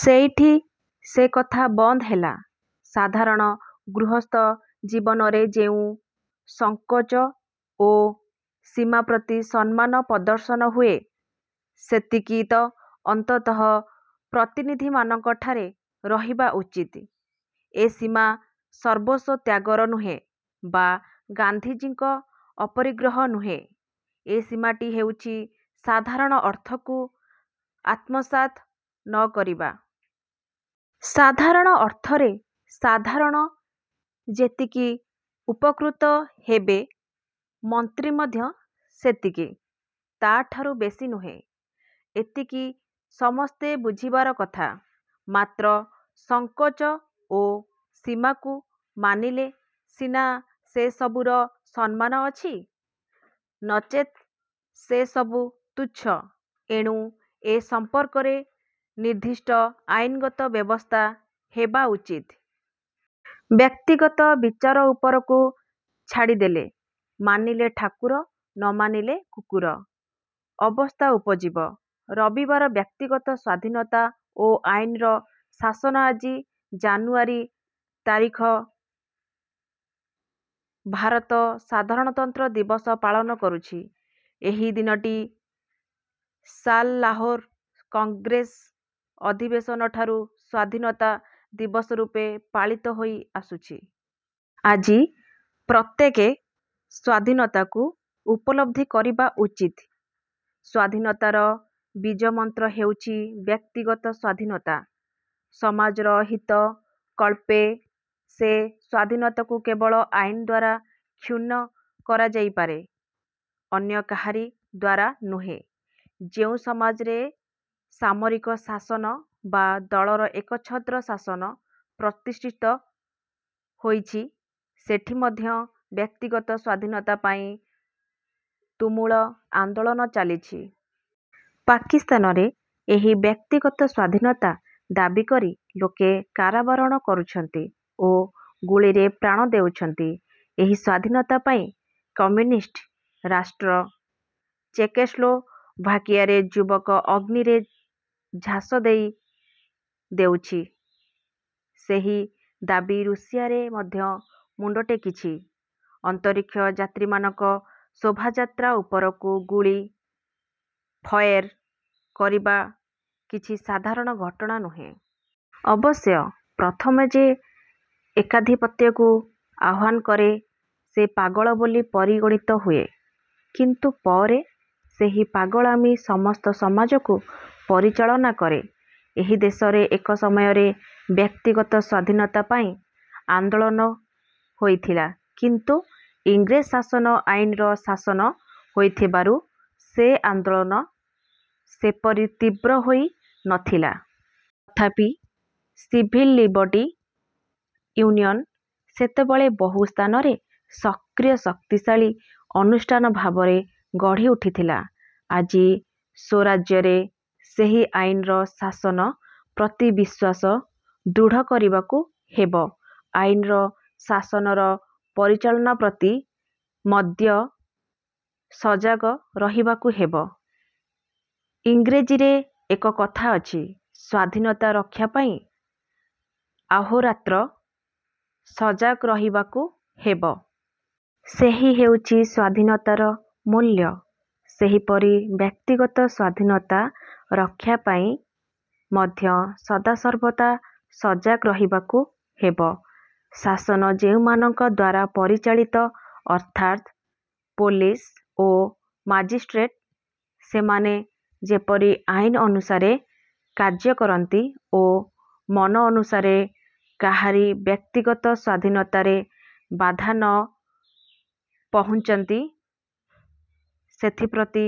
ସେଇଠି ସେ କଥା ବନ୍ଦ ହେଲା। ସାଧାରଣ ଗୃହସ୍ଥ ଜୀବନରେ ଯେଉଁ ସଂକୋଚ ଓ ସୀମା ପ୍ରତି ସମ୍ମାନ ପ୍ରଦର୍ଶନ ହୁଏ ସେତିକି ତ ଅନ୍ତତଃ ପ୍ରତିନିଧିମାନଙ୍କଠାରେ ରହିବା ଉଚିତ। ଏ ସୀମା ସର୍ବସ୍ୱ ତ୍ୟାଗର ନୁହେଁ ବା ଗାନ୍ଧିଜୀଙ୍କ ଅପରିଗ୍ରହ ନୁହେଁ। ଏ ସୀମାଟି ହେଉଛି ସାଧାରଣ ଅର୍ଥକୁ ଆତ୍ମସାତ ନ କରିବା। ସାଧାରଣ ଅର୍ଥରେ ସାଧାରଣ ଯେତିକି ଉପକୃତ ହେବେ ମନ୍ତ୍ରୀ ମଧ୍ୟ ସେତିକି; ତା'ଠାରୁ ବେଶି ନୁହେଁ। ଏତିକି ସମସ୍ତେ ବୁଝିବାର କଥା। ମାତ୍ର ସଂକୋଚ ଓ ସୀମାକୁ ମାନିଲେ ସିନା ସେ ସବୁର ସମ୍ମାନ ଅଛି। ନଚେତ୍ ସେ ସବୁ ତୁଚ୍ଛ। ଏଣୁ ଏ ସମ୍ପର୍କରେ ନିର୍ଦ୍ଦିଷ୍ଟ ଆଇନଗତ ବ୍ୟବସ୍ଥା ହେବା ଉଚିତ। ବ୍ୟକ୍ତିଗତ ବିଚାର ଉପରକୁ ଛାଡ଼ିଦେଲେ ''ମାନିଲେ ଠାକୁର ନ ମାନିଲେ କୁକୁର'' ଅବସ୍ଥା ଉପୁଜିବ। ରବିବାର ବ୍ୟକ୍ତିଗତ ସ୍ୱାଧୀନତା ଓ ଆଇନର ଶାସନ ଆଜି ଜାନୁଆରୀ ତା ରିଖ ଭାରତ ସାଧାରଣତନ୍ତ୍ର ଦିବସ ପାଳନ କରୁଛି। ଏହି ଦିନଟି ସାଲ ଲାହୋର କଂଗ୍ରେସ ଅଧିବେଶନଠାରୁ ସ୍ୱାଧୀନତା ଦିବସରୂପେ ପାଳିତ ହୋଇ ଆସୁଛି। ଆଜି ପ୍ରତ୍ୟେକେ ସ୍ୱାଧୀନତାକୁ ଉପଲବ୍ଧି କରିବା ଉଚିତ। ସ୍ୱାଧୀନତାର ବୀଜମନ୍ତ୍ର ହେଉଛି ବ୍ୟକ୍ତିଗତ ସ୍ୱାଧୀନତା। ସମାଜର ହିତ କଳ୍ପେ ସେ ସ୍ୱାଧୀନତାକୁ କେବଳ ଆଇନଦ୍ୱାରା। କ୍ଷୁଣ୍ଣ କରାଯାଇପାରେ, ଅନ୍ୟ କାହାରି ଦ୍ୱାରା ନୁହେଁ। ଯେଉଁ ସମାଜରେ ସାମରିକ ଶାସନ ବା ଦଳର ଏକଛତ୍ର ଶାସନ ପ୍ରତିଷ୍ଠିତ ହୋଇଛି ସେଠି ମଧ୍ୟ ବ୍ୟକ୍ତିଗତ ସ୍ୱାଧୀନତା ପାଇଁ ତୁମୁଳ ଆନ୍ଦୋଳନ ଚାଲିଛି। ପାକିସ୍ତାନରେ ଏହି ବ୍ୟକ୍ତିଗତ ସ୍ୱାଧୀନତା ଦାବିକରି ଲୋକେ କାରାବରଣ କରୁଛନ୍ତି ଓ ଗୁଳିରେ ପ୍ରାଣ ଦେଉଛନ୍ତି। ଏହି ସ୍ୱାଧୀନତା ପାଇଁ କମ୍ୟୁନିଷ୍ଟ ରାଷ୍ଟ୍ର ଚେକୋସ୍ଲୋଭାକିଆରେ ଯୁବକ ଅଗ୍ନିରେ ଝାସ ଦେଇ ଦେଉଛି। ସେହି ଦାବି ରୁଷିଆରେ ମଧ୍ୟ ମୁଣ୍ଡ ଟେକିଛି। ଅନ୍ତରୀକ୍ଷ ଯାତ୍ରୀମାନଙ୍କ ଶୋଭାଯାତ୍ରା ଉପରକୁ ଗୁଳି ଫଏର କରିବା କିଛି ସାଧାରଣ ଘଟଣା ନୁହେଁ। ଅବଶ୍ୟ ପ୍ରଥମେ ଯେ ଏକାଧିପତ୍ୟକୁ ଆହ୍ୱାନ କରେ ସେ ପାଗଳ ବୋଲି ପରିଗଣିତ ହୁଏ; କିନ୍ତୁ ପରେ ସେହି ପାଗଳାମି ସମସ୍ତ ସମାଜକୁ ପରିଚାଳନା କରେ। ଏହି ଦେଶରେ ଏକ ସମୟରେ ବ୍ୟକ୍ତିଗତ ସ୍ୱାଧୀନତା ପାଇଁ ଆନ୍ଦୋଳନ ହୋଇଥିଲା। କିନ୍ତୁ ଇଂରେଜ ଶାସନ ଆଇନର ଶାସନ ହୋଇଥିବାରୁ ସେ ଆନ୍ଦୋଳନ ସେପରି ତୀବ୍ର ହୋଇ ନଥିଲା। ତଥାପି ସିଭିଲ ଲିବର୍ଟି ୟୁନିଅନ ସେତେବେଳେ ବହୁ ସ୍ଥାନରେ ସକ୍ରିୟ ଶକ୍ତିଶାଳୀ ଅନୁଷ୍ଠାନ ଭାବରେ ଗଢ଼ି ଉଠିଥିଲା। ଆଜି ସ୍ୱରାଜ୍ୟରେ ସେହି ଆଇନର ଶାସନ ପ୍ରତି ବିଶ୍ୱାସ ଦୃଢ଼ କରିବାକୁ ହେବ। ଆଇନର ଶାସନର ପରିଚାଳନା ପ୍ରତି ମଦ୍ୟ ସଜାଗ ରହିବାକୁ ହେବ। ଇଂରେଜୀରେ ଏକ କଥା ଅଛି- ସ୍ୱାଧୀନତା ରକ୍ଷାପାଇଁ ଆହୋରାତ୍ର ସଜାଗ ରହିବାକୁ ହେବ। ସେହି ହେଉଛି ସ୍ୱାଧୀନତାର ମୂଲ୍ୟ। ସେହିପରି ବ୍ୟକ୍ତିଗତ ସ୍ୱାଧୀନତା ରକ୍ଷା ପାଇଁ ମଧ୍ୟ ସଦାସର୍ବଦା ସଜାଗ ରହିବାକୁ ହେବ। ଶାସନ ଯେଉଁମାନଙ୍କ ଦ୍ୱାରା ପରିଚାଳିତ ଅର୍ଥାତ୍ ପୋଲିସ ଓ ମାଜିଷ୍ଟ୍ରେଟ ସେମାନେ ଯେପରି ଆଇନ ଅନୁସାରେ କାର୍ଯ୍ୟ କରନ୍ତି ଓ ମନ ଅନୁସାରେ କାହାରି ବ୍ୟକ୍ତିଗତ ସ୍ୱାଧୀନତାରେ ବାଧା ନ ପହୁଞ୍ଚାନ୍ତି ସେଥିପ୍ରତି